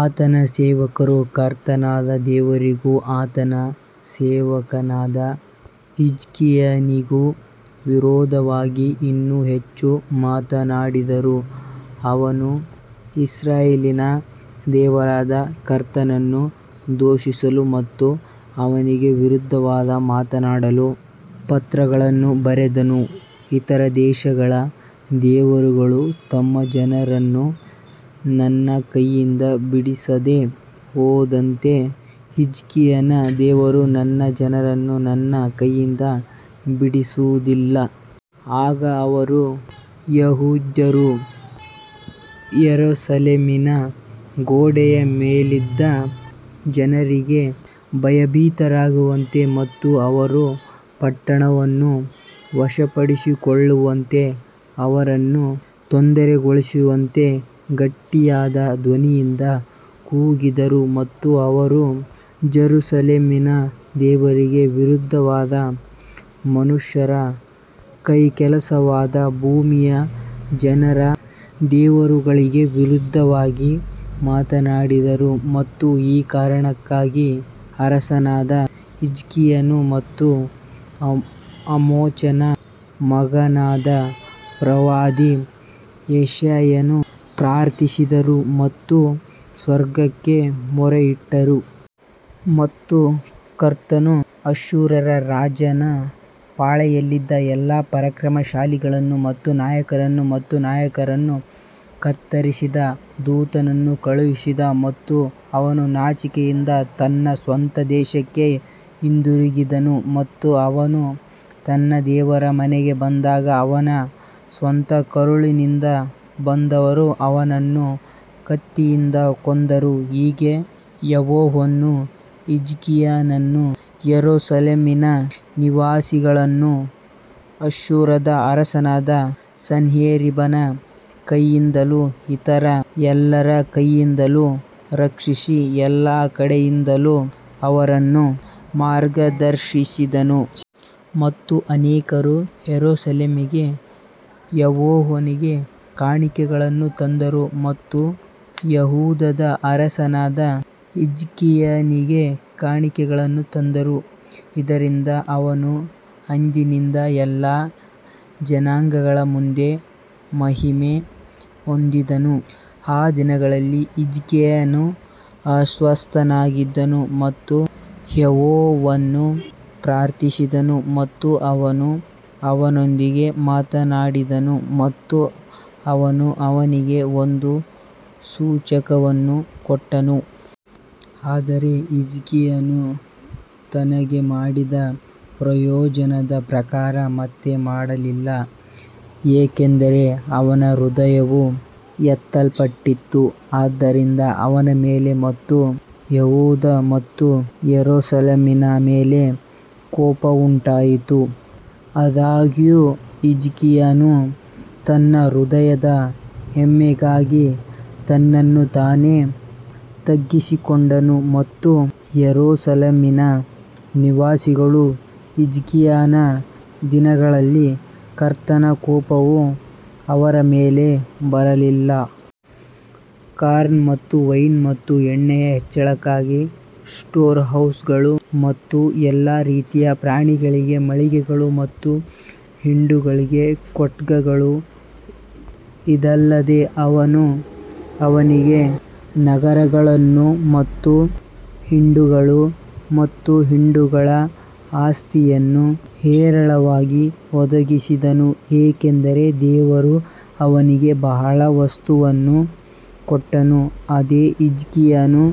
ಆತನ ಸೇವಕರು ಕರ್ತನಾದ ದೇವರಿಗೂ ಆತನ ಸೇವಕನಾದ ಹಿಜ್ಕೀಯನಿಗೂ ವಿರೋಧವಾಗಿ ಇನ್ನೂ ಹೆಚ್ಚು ಮಾತಾಡಿದರು ಅವನು ಇಸ್ರಾಯೇಲಿನ ದೇವರಾದ ಕರ್ತನನ್ನು ದೂಷಿಸಲು ಮತ್ತು ಅವನಿಗೆ ವಿರುದ್ಧವಾಗಿ ಮಾತನಾಡಲು ಪತ್ರಗಳನ್ನು ಬರೆದನು ಇತರ ದೇಶಗಳ ದೇವರುಗಳು ತಮ್ಮ ಜನರನ್ನು ನನ್ನ ಕೈಯಿಂದ ಬಿಡಿಸದೆ ಹೋದಂತೆ ಹಿಜ್ಕೀಯನ ದೇವರು ತನ್ನ ಜನರನ್ನು ನನ್ನ ಕೈಯಿಂದ ಬಿಡಿಸುವುದಿಲ್ಲ. ಆಗ ಅವರು ಯೆಹೂದ್ಯರು ಯೆರೂಸಲೇಮಿನ ಗೋಡೆಯ ಮೇಲಿದ್ದ ಜನರಿಗೆ ಭಯಭೀತರಾಗುವಂತೆ ಮತ್ತು ಅವರು ಪಟ್ಟಣವನ್ನು ವಶಪಡಿಸಿಕೊಳ್ಳುವಂತೆ ಅವರನ್ನು ತೊಂದರೆಗೊಳಿಸುವಂತೆ ಗಟ್ಟಿಯಾದ ಧ್ವನಿಯಲ್ಲಿ ಕೂಗಿದರು. ಮತ್ತು ಅವರು ಜೆರುಸಲೇಮಿನ ದೇವರಿಗೆ ವಿರುದ್ಧವಾಗಿ ಮನುಷ್ಯರ ಕೈಕೆಲಸವಾದ ಭೂಮಿಯ ಜನರ ದೇವರುಗಳಿಗೆ ವಿರುದ್ಧವಾಗಿ ಮಾತನಾಡಿದರು. ಮತ್ತು ಈ ಕಾರಣಕ್ಕಾಗಿ ಅರಸನಾದ ಹಿಜ್ಕೀಯನು ಮತ್ತು ಆಮೋಚನ ಮಗನಾದ ಪ್ರವಾದಿ ಯೆಶಾಯನು ಪ್ರಾರ್ಥಿಸಿದರು ಮತ್ತು ಸ್ವರ್ಗಕ್ಕೆ ಮೊರೆಯಿಟ್ಟರು. ಮತ್ತು ಕರ್ತನು ಅಶ್ಶೂರದ ರಾಜನ ಪಾಳೆಯದಲ್ಲಿದ್ದ ಎಲ್ಲಾ ಪರಾಕ್ರಮಶಾಲಿಗಳನ್ನು ಮತ್ತು ನಾಯಕರನ್ನು ಮತ್ತು ನಾಯಕರನ್ನು ಕತ್ತರಿಸಿದ ದೂತನನ್ನು ಕಳುಹಿಸಿದನು ಮತ್ತು ಅವನು ನಾಚಿಕೆಯಿಂದ ತನ್ನ ಸ್ವಂತ ದೇಶಕ್ಕೆ ಹಿಂದಿರುಗಿದನು ಮತ್ತು ಅವನು ತನ್ನ ದೇವರ ಮನೆಗೆ ಬಂದಾಗ ಅವನ ಸ್ವಂತ ಕರುಳಿನಿಂದ ಬಂದವರು ಅವನನ್ನು ಕತ್ತಿಯಿಂದ ಕೊಂದರು ಹೀಗೆ ಯೆಹೋವನು ಹಿಜ್ಕೀಯನನ್ನೂ ಯೆರೂಸಲೇಮಿನ ನಿವಾಸಿಗಳನ್ನೂ ಅಶ್ಶೂರದ ಅರಸನಾದ ಸನ್ಹೇರೀಬನ ಕೈಯಿಂದಲೂ ಇತರ ಎಲ್ಲರ ಕೈಯಿಂದಲೂ ರಕ್ಷಿಸಿ ಎಲ್ಲಾ ಕಡೆಯಿಂದಲೂ ಅವರನ್ನು ಮಾರ್ಗದರ್ಶಿಸಿದನು. ಮತ್ತು ಅನೇಕರು ಯೆರೂಸಲೇಮಿಗೆ ಯೆಹೋವನಿಗೆ ಕಾಣಿಕೆಗಳನ್ನು ತಂದರು ಮತ್ತು ಯೆಹೂದದ ಅರಸನಾದ ಹಿಜ್ಕೀಯನಿಗೆ ಕಾಣಿಕೆಗಳನ್ನು ತಂದರು, ಇದರಿಂದ ಅವನು ಅಂದಿನಿಂದ ಎಲ್ಲಾ ಜನಾಂಗಗಳ ಮುಂದೆ ಮಹಿಮೆ ಹೊಂದಿದನು. ಆ ದಿನಗಳಲ್ಲಿ ಹಿಜ್ಕೀಯನು ಅಸ್ವಸ್ಥನಾಗಿದ್ದನು ಮತ್ತು ಯೆಹೋವನನ್ನು ಪ್ರಾರ್ಥಿಸಿದನು ಮತ್ತು ಅವನು ಅವನೊಂದಿಗೆ ಮಾತಾಡಿದನು ಮತ್ತು ಅವನು ಅವನಿಗೆ ಒಂದು ಸೂಚಕವನ್ನು ಕೊಟ್ಟನು. ಆದರೆ ಹಿಜ್ಕೀಯನು ತನಗೆ ಮಾಡಿದ ಪ್ರಯೋಜನದ ಪ್ರಕಾರ ಮತ್ತೆ ಮಾಡಲಿಲ್ಲ, ಏಕೆಂದರೆ ಅವನ ಹೃದಯವು ಎತ್ತಲ್ಪಟ್ಟಿತು, ಆದ್ದರಿಂದ ಅವನ ಮೇಲೆ ಮತ್ತು ಯೆಹೂದ ಮತ್ತು ಯೆರೂಸಲೇಮಿನ ಮೇಲೆ ಕೋಪ ಉಂಟಾಯಿತು. ಆದಾಗ್ಯೂ ಹಿಜ್ಕೀಯನು ತನ್ನ ಹೃದಯದ ಹೆಮ್ಮೆಗಾಗಿ ತನ್ನನ್ನು ತಾನೇ ತಗ್ಗಿಸಿಕೊಂಡನು ಮತ್ತು ಯೆರೂಸಲೇಮಿನ ನಿವಾಸಿಗಳು ಹಿಜ್ಕೀಯನ ದಿನಗಳಲ್ಲಿ ಕರ್ತನ ಕೋಪವು ಅವರ ಮೇಲೆ ಬರಲಿಲ್ಲ. ಕಾರ್ನ್ ಮತ್ತು ವೈನ್ ಮತ್ತು ಎಣ್ಣೆಯ ಹೆಚ್ಚಳಕ್ಕಾಗಿ ಸ್ಟೋರ್ಹೌಸ್ಗಳು ಮತ್ತು ಎಲ್ಲಾ ರೀತಿಯ ಪ್ರಾಣಿಗಳಿಗೆ ಮಳಿಗೆಗಳು ಮತ್ತು ಹಿಂಡುಗಳಿಗೆ ಕೋಟ್ಗಳು ಇದಲ್ಲದೆ ಅವನು ಅವನಿಗೆ ನಗರಗಳನ್ನು ಮತ್ತು ಹಿಂಡುಗಳು ಮತ್ತು ಹಿಂಡುಗಳ ಆಸ್ತಿಯನ್ನು ಹೇರಳವಾಗಿ ಒದಗಿಸಿದನು, ಏಕೆಂದರೆ ದೇವರು ಅವನಿಗೆ ಬಹಳ ವಸ್ತುವನ್ನು ಕೊಟ್ಟನು. ಅದೇ ಹಿಜ್ಕೀಯನು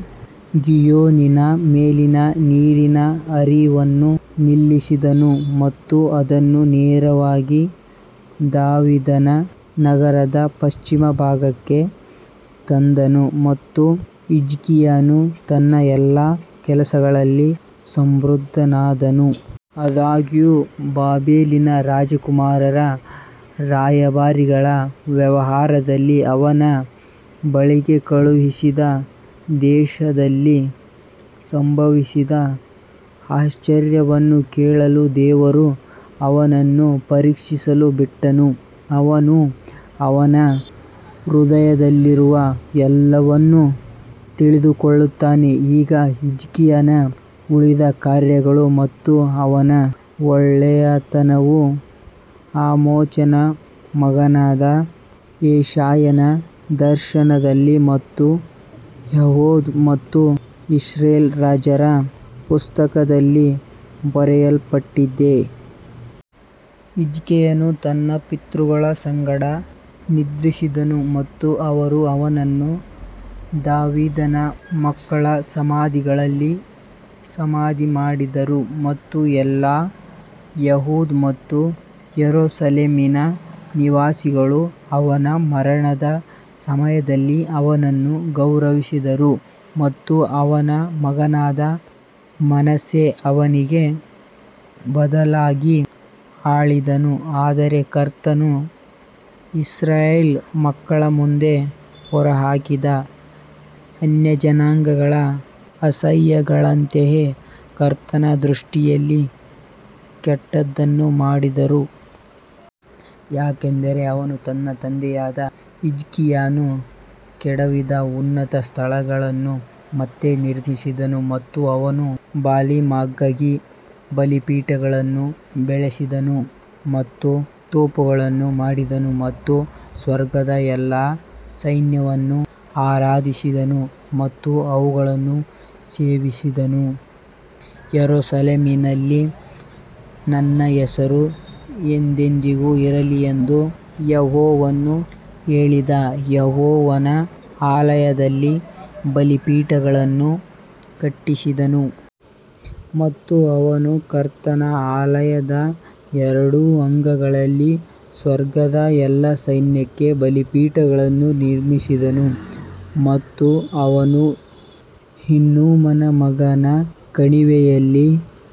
ಗೀಹೋನಿನ ಮೇಲಿನ ನೀರಿನ ಹರಿವನ್ನು ನಿಲ್ಲಿಸಿದನು ಮತ್ತು ಅದನ್ನು ನೇರವಾಗಿ ದಾವೀದನ ನಗರದ ಪಶ್ಚಿಮ ಭಾಗಕ್ಕೆ ತಂದನು ಮತ್ತು ಹಿಜ್ಕೀಯನು ತನ್ನ ಎಲ್ಲಾ ಕೆಲಸಗಳಲ್ಲಿ ಸಮೃದ್ಧನಾದನು. ಆದಾಗ್ಯೂ, ಬಾಬೆಲಿನ ರಾಜಕುಮಾರರ ರಾಯಭಾರಿಗಳ ವ್ಯವಹಾರದಲ್ಲಿ ಅವನ ಬಳಿಗೆ ಕಳುಹಿಸಿದ ದೇಶದಲ್ಲಿ ಸಂಭವಿಸಿದ ಆಶ್ಚರ್ಯವನ್ನು ಕೇಳಲು ದೇವರು ಅವನನ್ನು ಪರೀಕ್ಷಿಸಲು ಬಿಟ್ಟನು, ಅವನು ಅವನ ಹೃದಯದಲ್ಲಿರುವ ಎಲ್ಲವನ್ನೂ ತಿಳಿದುಕೊಳ್ಳುತ್ತಾನೆ. ಈಗ ಹಿಜ್ಕೀಯನ ಉಳಿದ ಕಾರ್ಯಗಳು ಮತ್ತು ಅವನ ಒಳ್ಳೆಯತನವು ಆಮೋಚನ ಮಗನಾದ ಯೆಶಾಯನ ದರ್ಶನದಲ್ಲಿ ಮತ್ತು ಯೆಹೂದ ಮತ್ತು ಇಸ್ರೇಲ್ ರಾಜರ ಪುಸ್ತಕದಲ್ಲಿ ಬರೆಯಲ್ಪಟ್ಟಿದೆ. ಹಿಜ್ಕೀಯನು ತನ್ನ ಪಿತೃಗಳ ಸಂಗಡ ನಿದ್ರಿಸಿದನು ಮತ್ತು ಅವರು ಅವನನ್ನು ದಾವೀದನ ಮಕ್ಕಳ ಸಮಾಧಿಗಳಲ್ಲಿ ಸಮಾಧಿ ಮಾಡಿದರು ಮತ್ತು ಎಲ್ಲಾ ಯೆಹೂದ ಮತ್ತು ಯೆರೂಸಲೇಮಿನ ನಿವಾಸಿಗಳು ಅವನ ಮರಣದ ಸಮಯದಲ್ಲಿ ಅವನನ್ನು ಗೌರವಿಸಿದರು ಮತ್ತು ಅವನ ಮಗನಾದ ಮನಸ್ಸೆ ಅವನಿಗೆ ಬದಲಾಗಿ ಆಳಿದನು. ಆದರೆ ಕರ್ತನು ಇಸ್ರಾಯೇಲ್ ಮಕ್ಕಳ ಮುಂದೆ ಹೊರಹಾಕಿದ ಅನ್ಯಜನಾಂಗಗಳ ಅಸಹ್ಯಗಳಂತೆಯೇ ಕರ್ತನ ದೃಷ್ಟಿಯಲ್ಲಿ ಕೆಟ್ಟದ್ದನ್ನು ಮಾಡಿದರು. ಯಾಕಂದರೆ ಅವನು ತನ್ನ ತಂದೆಯಾದ ಹಿಜ್ಕೀಯನು ಕೆಡವಿದ ಉನ್ನತ ಸ್ಥಳಗಳನ್ನು ಮತ್ತೆ ನಿರ್ಮಿಸಿದನು ಮತ್ತು ಅವನು ಬಾಲಿಮ್ಗಾಗಿ ಬಲಿಪೀಠಗಳನ್ನು ಬೆಳೆಸಿದನು ಮತ್ತು ತೋಪುಗಳನ್ನು ಮಾಡಿದನು ಮತ್ತು ಸ್ವರ್ಗದ ಎಲ್ಲಾ ಸೈನ್ಯವನ್ನು ಆರಾಧಿಸಿದನು ಮತ್ತು ಅವುಗಳನ್ನು ಸೇವಿಸಿದನು. ಯೆರೂಸಲೇಮಿನಲ್ಲಿ ನನ್ನ ಹೆಸರು ಎಂದೆಂದಿಗೂ ಇರಲಿ ಎಂದು ಯೆಹೋವನು ಹೇಳಿದ ಯೆಹೋವನ ಆಲಯದಲ್ಲಿ ಬಲಿಪೀಠಗಳನ್ನು ಕಟ್ಟಿಸಿದನು. ಮತ್ತು ಅವನು ಕರ್ತನ ಆಲಯದ ಎರಡು ಅಂಗಳಗಳಲ್ಲಿ ಸ್ವರ್ಗದ ಎಲ್ಲಾ ಸೈನ್ಯಕ್ಕೆ ಬಲಿಪೀಠಗಳನ್ನು ನಿರ್ಮಿಸಿದನು ಮತ್ತು ಅವನು ಹಿನ್ನೋಮನ ಮಗನ ಕಣಿವೆಯಲ್ಲಿ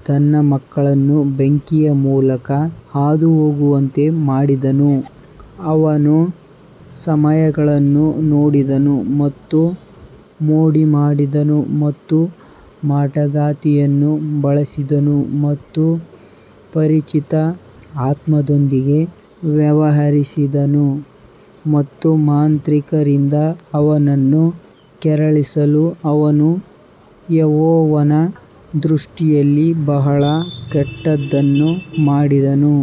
ತನ್ನ ಮಕ್ಕಳನ್ನು ಬೆಂಕಿಯ ಮೂಲಕ ಹಾದುಹೋಗುವಂತೆ ಮಾಡಿದನು, ಅವನು ಸಮಯಗಳನ್ನು ನೋಡಿದನು ಮತ್ತು ಮೋಡಿಮಾಡಿದನು ಮತ್ತು ಮಾಟಗಾತಿಯನ್ನು ಬಳಸಿದನು ಮತ್ತು ಪರಿಚಿತ ಆತ್ಮದೊಂದಿಗೆ ವ್ಯವಹರಿಸಿದನು ಮತ್ತು ಮಾಂತ್ರಿಕರಿಂದ ಅವನನ್ನು ಕೆರಳಿಸಲು ಅವನು ಯೆಹೋವನ ದೃಷ್ಟಿಯಲ್ಲಿ ಬಹಳ ಕೆಟ್ಟದ್ದನ್ನು ಮಾಡಿದನು.